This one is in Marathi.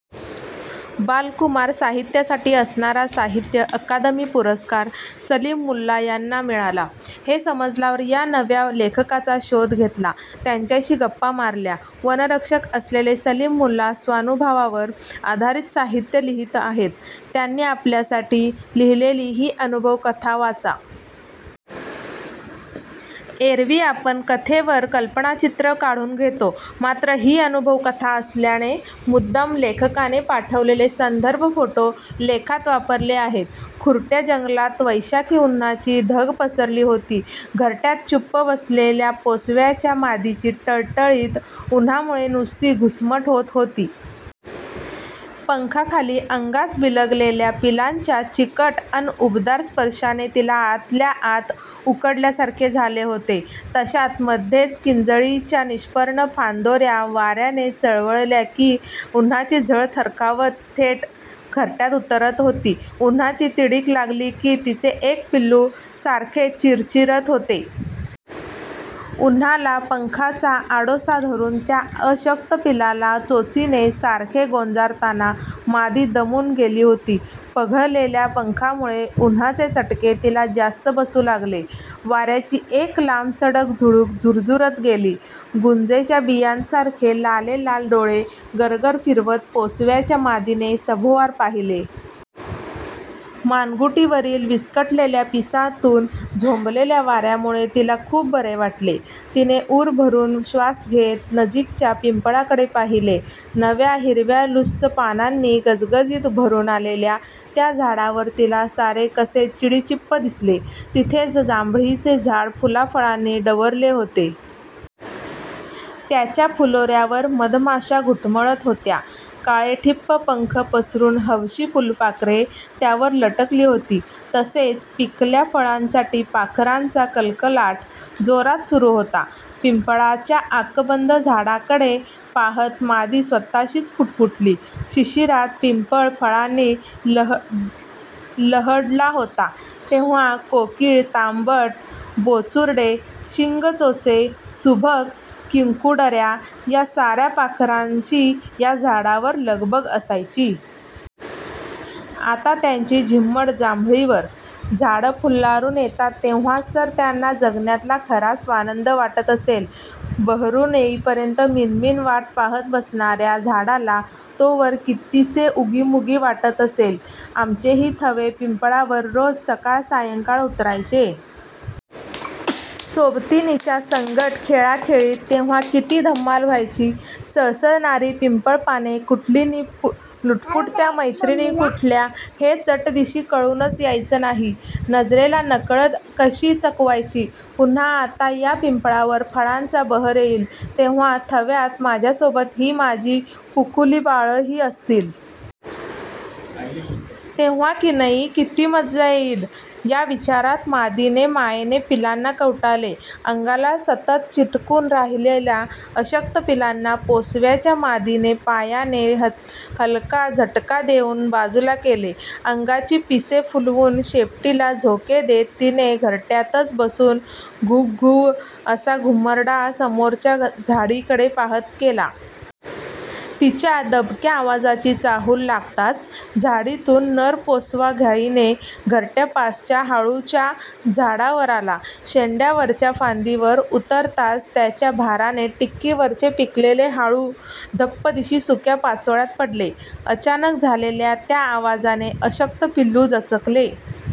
बाल-कुमार साहित्यासाठी असणारा साहित्य अकादमी पुरस्कार सलीम मुल्ला यांना मिळाला हे समजल्यावर या नव्या लेखकाचा शोध घेतला. त्यांच्याशी गप्पा मारल्या. वनरक्षक असलेले सलीम मुल्ला स्वानुभवावर आधारित साहित्य लिहीत आहेत. त्यांनी आपल्यासाठी लिहिलेली ही अनुभव-कथा वाचा. एरवी आपण कथेवर कल्पनाचित्र काढून घेतो, मात्र ही अनुभव-कथा असल्याने मुद्दाम लेखकाने पाठवलेले संदर्भ-फोटो लेखात वापरले आहेत. खुरट्या जंगलात वैशाखी उन्हाची धग पसरली होती. घरट्यात चुप्प बसलेल्या पोसव्याच्या मादीची टळटळीत उन्हामुळे नुसती घुसमट होत होती. पंखाखाली अंगास बिलगलेल्या पिलांच्या चिकट अन् उबदार स्पर्शाने तिला आतल्या आत उकडल्यासारखे झाले होते. तशात मध्येच किंजळीच्या निष्पर्ण फांदोऱ्या वाऱ्याने चळवळल्या की, उन्हाची झळ थरकावत थेट घरट्यात उतरत होती. उन्हाची तिडीक लागली की, तिचे एक पिलू सारखे चिरचिरत होते. उन्हाला पंखाचा आडोसा धरून त्या अशक्त पिलाला चोचीने सारखे गोंजारताना मादी दमून गेली होती. पघळलेल्या पंखामुळे उन्हाचे चटके तिला जास्त बसू लागले. वाऱ्याची एक लांबसडक झुळूक झुरझुरत गेली. गुंजेच्या बियांसारखे लालेलाल डोळे गरगर फिरवत पोसव्याच्या मादीने सभोवार पाहिले. मानगुटीवरील विस्कटलेल्या पिसांतून झोंबलेल्या वाऱ्यामुळे तिला खूप बरे वाटले. तिने ऊर भरून श्वास घेत नजीकच्या पिंपळाकडे पाहिले. नव्या हिरव्यालुस्स पानांनी गजगजीत भरून आलेल्या त्या झाडावर तिला सारे कसे चिडीचिप्प दिसले. तिथेच जांभळीचे झाड फुलाफळांनी डवरले होते. त्याच्या फुलोऱ्यावर मधमाशा घुटमळत होत्या. काळेठिप्प पंख पसरून हबशी फुलपाखरे त्यावर लटकली होती. तसेच पिकल्या फळांसाठी पाखरांचा कलकलाट जोरात सुरू होता. पिंपळाच्या आकबंद झाडाकडे पाहत मादी स्वतःशीच पुटपुटली, 'शिशिरात पिंपळ फळांनी लहडला होता तेव्हा कोकिळ, तांबट, बोचुर्डे, शिंगचोचे, सुभग, किंकुडऱ्या या साऱ्या पाखरांची या झाडावर लगबग असायची. आता त्यांची झिम्मड जांभळीवर..! झाडं फुल्लारून येतात तेव्हाच तर त्यांना जगण्यातला खरा स्वानंद वाटत असेल. बहरून येईपर्यंत मिणमिण वाट पाहत बसणाऱ्या झाडाला तोवर कितीसे उगीमुगी वाटत असेल! आमचेही थवे पिंपळावर रोज सकाळ-सायंकाळ उतरायचे. सोबतीणीच्या संगट खेळाखेळीत तेव्हा किती धम्माल व्हायची? सळसळणारी पिंपळपाने कुठली नि लुटपुटत्या मैत्रिणी कुठल्या! हे चटदिशी कळूनच यायचं नाही! नजरेला नकळत कशी चकवायची! पुन्हा आता या पिंपळावर फळांचा बहर येईल तेव्हा थव्यात माझ्यासोबत ही माझी कुकुलीबाळंही असतील. तेव्हा किनई किती मज्जा येईल!' या विचारात मादीने मायेने पिलांना कवटाळले. अंगाला सतत चिटकून राहिलेल्या अशक्त पिलांना पोसव्याच्या मादीने पायाने हलका झटका देऊन बाजूला केले. अंगाची पिसे फुलवून शेपटीला झोके देत तिने घरट्यातच बसून घु-घुव्व असा घुमरडा समोरच्या झाडीकडे पाहत केला. तिच्या दबक्या आवाजाची चाहूल लागताच झाडीतून नर पोसवा घाईने घरट्यापासच्या हाळूच्या झाडावर आला. शेंड्यावरच्या फांदीवर उतरताच त्याच्या भाराने टिक्कीवरचे पिकलेले हाळू धप्पदिशी सुक्या पाचोळ्यात पडले. अचानक झालेल्या त्या आवाजाने अशक्त पिलू दचकले.